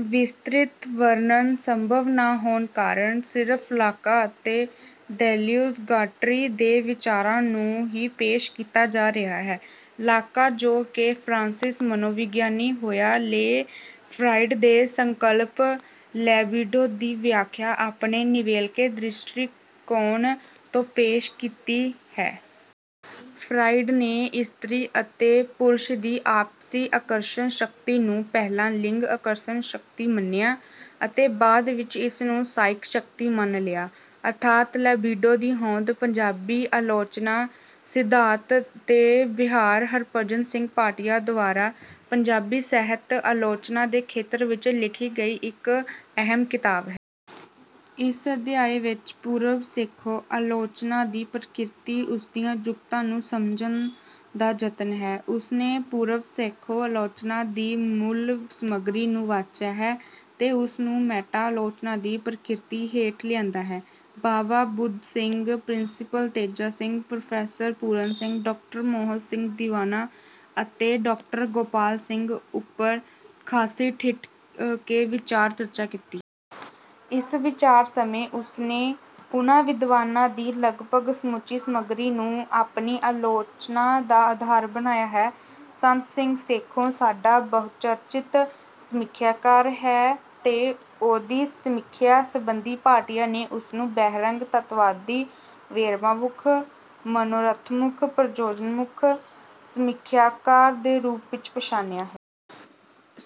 ਵਿਸਤ੍ਰਿਤ ਵਰਣਨ ਸੰਭਵ ਨਾ ਹੋਣ ਕਾਰਨ ਸਿਰਫ ਲਾਕਾਂ ਅਤੇ ਦੇਲਿਊਜ ਗਾਟਰੀ ਦੇ ਵਿਚਾਰਾਂ ਨੂੰ ਹੀ ਪੇਸ਼ ਕੀਤਾ ਜਾ ਰਿਹਾ ਹੈ। ਲਾਕਾਂ ਜੋ ਕਿ ਫਰਾਂਸੀਸੀ ਮਨੋਵਿਗਿਆਨੀ ਹੋਇਆ ਲੇ ਫਰਾਇਡ ਦੇ ਸੰਕਲਪ ਲਿਬਿਡੋ ਦੀ ਵਿਆਖਿਆ ਆਪਣੇ ਨਿਵੇਕਲੇ ਦ੍ਰਿਸ਼ਟੀਕੋਣ ਤੋਂ ਪੇਸ਼ ਕੀਤੀ ਹੈ। ਫਰਾਇਡ ਨੇ ਇਸਤਰੀ ਅਤੇ ਪੁਰਸ਼ ਦੀ ਆਪਸੀ ਆਕਰਸ਼ਣ ਸ਼ਕਤੀ ਨੂੰ ਪਹਿਲਾਂ ਲਿੰਗ ਆਕਰਸ਼ਣ ਸ਼ਕਤੀ ਮੰਨਿਆ ਅਤੇ ਬਾਅਦ ਵਿੱਚ ਇਸਨੂੰ ਸਾਇਕ ਸ਼ਕਤੀ ਮੰਨ ਲਿਆ ਅਰਥਾਤ ਲਿਬਿਡੋ ਦੀ ਹੋਂਦ। ਪੰਜਾਬੀ ਆਲੋਚਨਾ: ਸਿਧਾਂਤ ਤੇ ਵਿਹਾਰ ਹਰਿਭਜਨ ਸਿੰਘ ਭਾਟੀਆ ਦੁਆਰਾ ਪੰਜਾਬੀ ਸਾਹਿਤ ਆਲੋਚਨਾ ਦੇ ਖੇਤਰ ਵਿੱਚ ਲਿਖੀ ਗਈ ਇੱਕ ਅਹਿਮ ਕਿਤਾਬ ਹੈ। ਇਸ ਅਧਿਆਏ ਵਿੱਚ ਪੂਰਵ-ਸੇਖੋਂ ਆਲੋਚਨਾ ਦੀ ਪ੍ਰਕਿਰਤੀ, ਉਸਦੀਆਂ ਜੁਗਤਾਂ ਨੂੰ ਸਮਝਣ ਦਾ ਯਤਨ ਹੈ। ਉਸਨੇ ਪੂਰਵ-ਸੇਖੋਂ ਆਲੋਚਨਾ ਦੀ ਮੂਲ ਸਮੱਗਰੀ ਨੂੰ ਵਾਚਿਆ ਹੈ ਤੇ ਉਸਨੂੰ ਮੈਟਾ ਆਲੋਚਨਾ ਦੀ ਪ੍ਰਕਿਰਤੀ ਹੇਠ ਲਿਆਂਦਾ ਹੈ। Bawa Budh Singh, principal Teja Singh, professor Puran Singh, doctor Mohan Singh Diwana ਅਤੇ ਡਾਕਟਰ ਗੋਪਾਲ ਸਿੰਘ ਉੱਪਰ ਖਾਸੀ ਠਿਠ ਕੇ ਵਿਚਾਰ ਚਰਚਾ ਕੀਤੀ। ਇਸ ਵਿਚਾਰ ਸਮੇਂ ਉਸਨੇ ਉਹਨਾਂ ਵਿਦਵਾਨਾਂ ਦੀ ਲਗਭਗ ਸਮੁੱਚੀ ਸਮੱਗਰੀ ਨੂੰ ਆਪਣੀ ਆਲੋਚਨਾ ਦਾ ਆਧਾਰ ਬਣਾਇਆ ਹੈ। ਸੰਤ ਸਿੰਘ ਸੇਖੋਂ ਸਾਡਾ ਬਹੁਚਰਚਿਤ ਸਮੀਖਿਆਕਾਰ ਹੈ ਤੇ ਉਹਦੀ ਸਮੀਖਿਆ ਸੰਬੰਧੀ ਭਾਟੀਆ ਨੇ ਉਸਨੂੰ ਬਹਿਰੰਗ, ਤੱਤਵਾਦੀ, ਵੇਰਵਾਮੁੱਖ, ਮਨੋਰਥਮੁੱਖ, ਪ੍ਰਯੋਜਨਮੁੱਖ ਸਮੀਖਿਆਕਾਰ ਦੇ ਰੂਪ ਵਿੱਚ ਪਛਾਣਿਆ ਹੈ।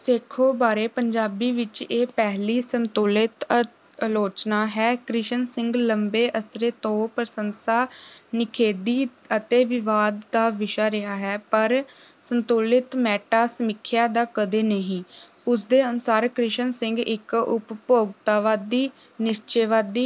ਸੇਖੋਂ ਬਾਰੇ ਪੰਜਾਬੀ ਵਿੱਚ ਇਹ ਪਹਿਲੀ ਸੰਤੁਲਿਤ ਆਲੋਚਨਾ ਹੈ। ਕਿਸ਼ਨ ਸਿੰਘ ਲੰਮੇ ਅਰਸੇ ਤੋਂ ਪ੍ਰਸੰਸਾ, ਨਿਖੇਧੀ ਅਤੇ ਵਿਵਾਦ ਦਾ ਵਿਸ਼ਾ ਰਿਹਾ ਹੈ ਪਰ ਸੰਤੁਲਿਤ ਮੈਟਾ ਸਮੀਖਿਆ ਦਾ ਕਦੇ ਨਹੀਂ। ਉਸਦੇ ਅਨੁਸਾਰ ਕਿਸ਼ਨ ਸਿੰਘ ਇੱਕ ਉਪਭੋਗਤਾਵਾਦੀ, ਨਿਸ਼ਚੇਵਾਦੀ